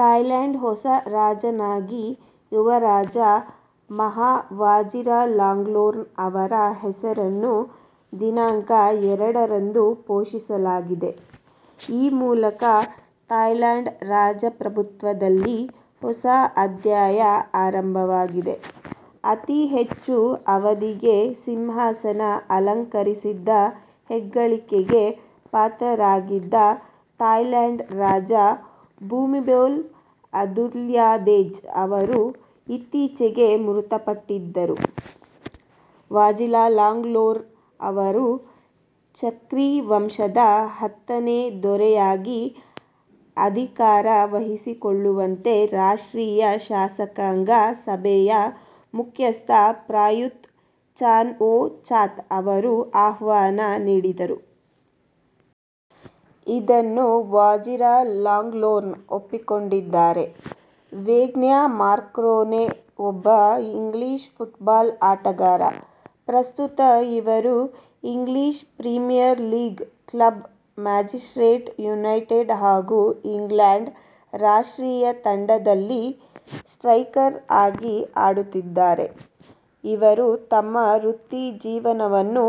ಥಾಯ್ಲೆಂಡ್ನ ಹೊಸ ರಾಜನಾಗಿ ಯುವರಾಜ ಮಹಾ ವಾಜಿರಲಾಂಗ್ಕೊರ್ನ್ ಅವರ ಹೆಸರನ್ನು ದಿನಾಂಕ ಎರಡರಂದು ಘೋಷಿಸಲಾಗಿದೆ. ಈ ಮೂಲಕ ಥಾಯ್ಲೆಂಡ್ ರಾಜಪ್ರಭುತ್ವದಲ್ಲಿ ಹೊಸ ಅಧ್ಯಾಯ ಆರಂಭವಾಗಿದೆ. ಅತಿಹೆಚ್ಚು ಅವಧಿಗೆ ಸಿಂಹಾಸನ ಅಲಂಕರಿಸಿದ್ದ ಹೆಗ್ಗಳಿಕೆಗೆ ಪಾತ್ರರಾಗಿದ್ದ ಥಾಯ್ಲೆಂಡ್ ರಾಜ ಭೂಮಿಬೊಲ್ ಅದುಲ್ಯದೆಜ್ ಅವರು ಇತ್ತೀಚೆಗೆ ಮೃತಪಟ್ಟಿದ್ದರು. ವಾಜಿರಲಾಂಗ್ಕೊರ್ನ್ ಅವರು ಚಕ್ರಿ ವಂಶದ ಹತ್ತನೇ ದೊರೆಯಾಗಿ ಅಧಿಕಾರ ವಹಿಸಿಕೊಳ್ಳುವಂತೆ ರಾಷ್ಟ್ರೀಯ ಶಾಸಕಾಂಗ ಸಭೆಯ ಮುಖ್ಯಸ್ಥ ಪ್ರಯೂತ್ ಚಾನ್ ಒ ಚಾತ್ ಅವರು ಆಹ್ವಾನ ನೀಡಿದರು. ಇದನ್ನು ವಾಜಿರಲಾಂಗ್ಕೊರ್ನ್ ಒಪ್ಪಿಕೊಂಡಿದ್ದಾರೆ. ವೇಯ್ನ್ ಮಾರ್ಕ್ ರೂನೇ ಒಬ್ಬ ಇಂಗ್ಲಿಷ್ ಫುಟ್ಬಾಲ್ ಆಟಗಾರ. ಪ್ರಸ್ತುತ ಇವರು English Premier League club Manchester United ಹಾಗೂ ಇಂಗ್ಲೆಂಡ್ ರಾಷ್ಟ್ರೀಯ ತಂಡದಲ್ಲಿ ಸ್ಟ್ರೈಕರ್ ಆಗಿ ಆಡುತ್ತಿದ್ದಾರೆ. ಇವರು ತಮ್ಮ ವೃತ್ತಿ ಜೀವನವನ್ನು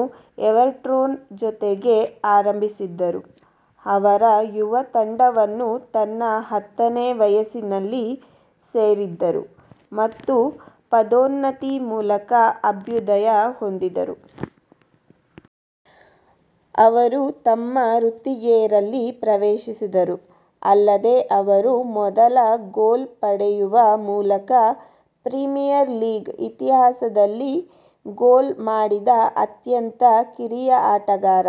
ಎವರ್ಟೊನ್ ಜೊತೆಗೆ ಆರಂಭಿಸಿದರು. ಅವರ ಯುವ ತಂಡವನ್ನು ತನ್ನ ಹತ್ತನೇ ವಯಸ್ಸಿನಲ್ಲಿ ಸೇರಿದರು ಮತ್ತು ಪದೋನ್ನತಿ ಮೂಲಕ ಅಭ್ಯುದಯ ಹೊಂದಿದರು. ಅವರು ತಮ್ಮ ವೃತ್ತಿಗೆ ರಲ್ಲಿ ಪ್ರವೇಶಿಸಿದರು. ಅಲ್ಲದೆ, ಇವರು ಮೊದಲ ಗೋಲ್ ಪಡೆಯುವ ಮೂಲಕ ಪ್ರೀಮಿಯರ್ ಲೀಗ್ ಇತಿಹಾಸದಲ್ಲಿ ಗೋಲ್ ಮಾಡಿದ ಅತ್ಯಂತ ಕಿರಿಯ ಆಟಗಾರ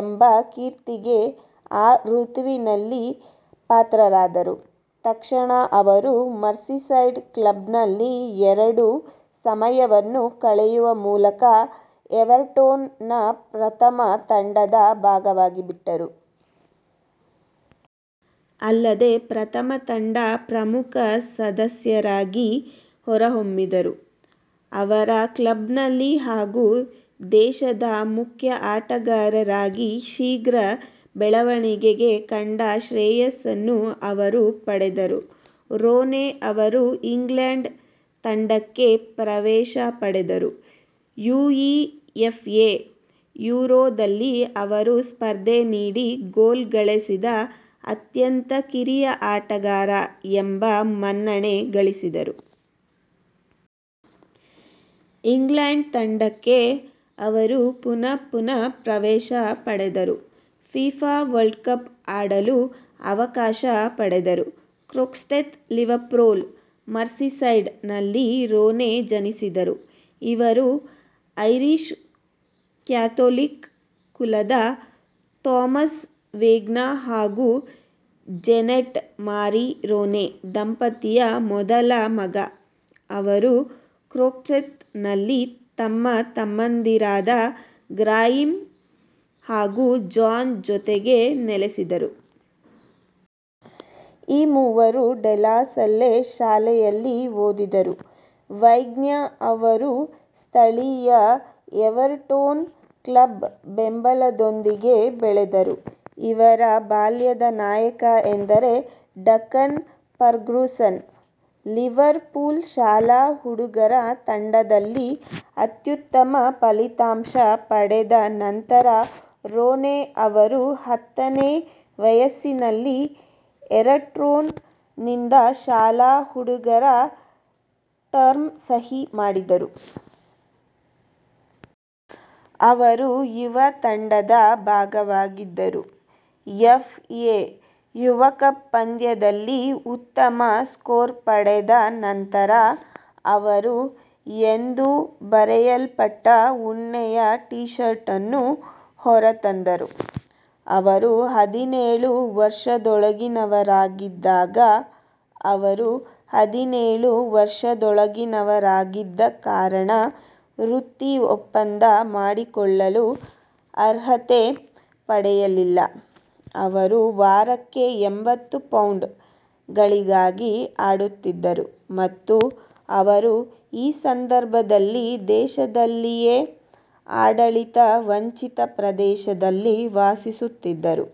ಎಂಬ ಕೀರ್ತಿಗೆ ಆ ಋತುವಿನಲ್ಲಿ ಪಾತ್ರರಾದರು. ತಕ್ಷಣ ಅವರು ಮರ್ಸಿಸೈಡ್ ಕ್ಲಬ್ನಲ್ಲಿ ಎರಡು ಸಮಯಗಳನ್ನು ಕಳೆಯುವ ಮೂಲಕ ಎವರ್ಟೊನ್ ನ ಪ್ರಥಮ ತಂಡದ ಭಾಗವಾಗಿಬಿಟ್ಟರು. ಅಲ್ಲದೆ, ಪ್ರಥಮ ತಂಡ ಪ್ರಮುಖ ಸದಸ್ಯರಾಗಿ ಹೊರಹೊಮ್ಮಿದರು. ಅವರ ಕ್ಲಬ್ ನಲ್ಲಿ ಹಾಗೂ ದೇಶದ ಮುಖ್ಯ ಆಟಗಾರರಾಗಿ ಶೀಘ್ರ ಬೆಳವಣಿಗೆಗೆ ಕಂಡ ಶ್ರೇಯಸ್ಸನ್ನು ಅವರು ಪಡೆದರು. ರೂನೇ ಅವರು ಇಂಗ್ಲೆಂಡ್ ತಂಡಕ್ಕೆ ಪ್ರವೇಶ ಪಡೆದರು. U E F A Euro ದಲ್ಲಿ ಅವರು ಸ್ಪರ್ಧೆ ನೀಡಿ ಗೋಲು ಗಳಿಸಿದ ಅತ್ಯಂತ ಕಿರಿಯ ಆಟಗಾರ ಎಂಬ ಮನ್ನಣೆ ಗಳಿಸಿದರು. ಇಂಗ್ಲೆಂಡ್ ತಂಡಕ್ಕೆ ಅವರು ಪುನಃ ಪುನಃ ಪ್ರವೇಶ ಪಡೆದರು. ಫಿಫಾ ವಿಶ್ವ ಕಪ್ ಆಡಲು ಅವಕಾಶ ಪಡೆದರು. ಕ್ರೊಕ್ಸ್ಟೆತ್, ಲಿವರ್ಪೂಲ್ ಮರ್ಸಿಸೈಡ್ ನಲ್ಲಿ ರೂನೇ ಜನಿಸಿದರು. ಇವರು ಐರಿಶ್ ಕ್ಯಾಥೋಲಿಕ್ ಕುಲದ ಥೋಮಸ್ ವೇಯ್ನ್ ಹಾಗೂ ಜೇನೆಟ್ ಮಾರಿ ರೂನೇ ದಂಪತಿಯ ಮೊದಲ ಮಗ. ಅವರು ಕ್ರೊಕ್ಸಟೆತ್ ನಲ್ಲಿ ತಮ್ಮ ತಮ್ಮಂದಿರಾದ ಗ್ರಾಯಿಮ್ ಹಾಗೂ ಜಾನ್ ಜೊತೆಗೆ ನೆಲೆಸಿದರು. ಈ ಮೂವರೂ ಡೆ ಲಾ ಸಲ್ಲೆ ಶಾಲೆಯಲ್ಲಿ ಓದಿದರು. ವೈಯ್ನ್ ಅವರು ಸ್ಥಳೀಯ ಎವರ್ಟೊನ್ ಕ್ಲಬ್ ಬೆಂಬಲದೊಂದಿಗೆ ಬೆಳೆದರು. ಇವರ ಬಾಲ್ಯದ ನಾಯಕ ಎಂದರೆ ಡಂಕನ್ ಫರ್ಗುಸನ್. ಲಿವರ್ ಪೂಲ್ ಶಾಲಾ ಹುಡುಗರ ತಂಡದಲ್ಲಿ ಅತ್ಯುತ್ತಮ ಫಲಿತಾಂಶ ಪಡೆದ ನಂತರ ರೋನೇ ಅವರು ಹತ್ತನೇ ವಯಸ್ಸಿನಲ್ಲಿ ಎರರ್ಟೋನ್ ನಿಂದ ಶಾಲಾ ಹುಡುಗರ ಟರ್ಮ್ಸ್ಗೆ ಸಹಿ ಮಾಡಿದರು. ಅವರು ಯುವ ತಂಡದ ಭಾಗವಾಗಿದ್ದರು. ಎಫ್ಎ ಯುವಕಪ್ ಪಂದ್ಯದಲ್ಲಿ ಉತ್ತಮ ಸ್ಕೋರ್ ಪಡೆದ ನಂತರ ಅವರು ಎಂದು ಬರೆಯಲ್ಪಟ್ಟ ಉಣ್ಣೆಯ ಟಿ ಶರ್ಟನ್ನು ಹೊರತಂದರು. ಅವರು ಹದಿನೇಳು ವರ್ಷದೊಳಗಿನವರಾಗಿದ್ದಾಗ ಅವರು ಹದಿನೇಳು ವರ್ಷದೊಳಗಿನವರಾಗಿದ್ದ ಕಾರಣ ವೃತ್ತಿ ಒಪ್ಪಂದ ಮಾಡಿಕೊಳ್ಳಲು ಅರ್ಹತೆ ಪಡೆಯಲಿಲ್ಲ. ಅವರು ವಾರಕ್ಕೆ ಎಂಭತ್ತು ಪೌಂಡ್ ಗಳಿಗಾಗಿ ಆಡುತ್ತಿದ್ದರು. ಮತ್ತು ಅವರು ಈ ಸಂದರ್ಭದಲ್ಲಿ ದೇಶದಲ್ಲಿಯೇ ಆಡಳಿತ ವಂಚಿತ ಪ್ರದೇಶದಲ್ಲಿ ವಾಸಿಸುತ್ತಿದ್ದರು.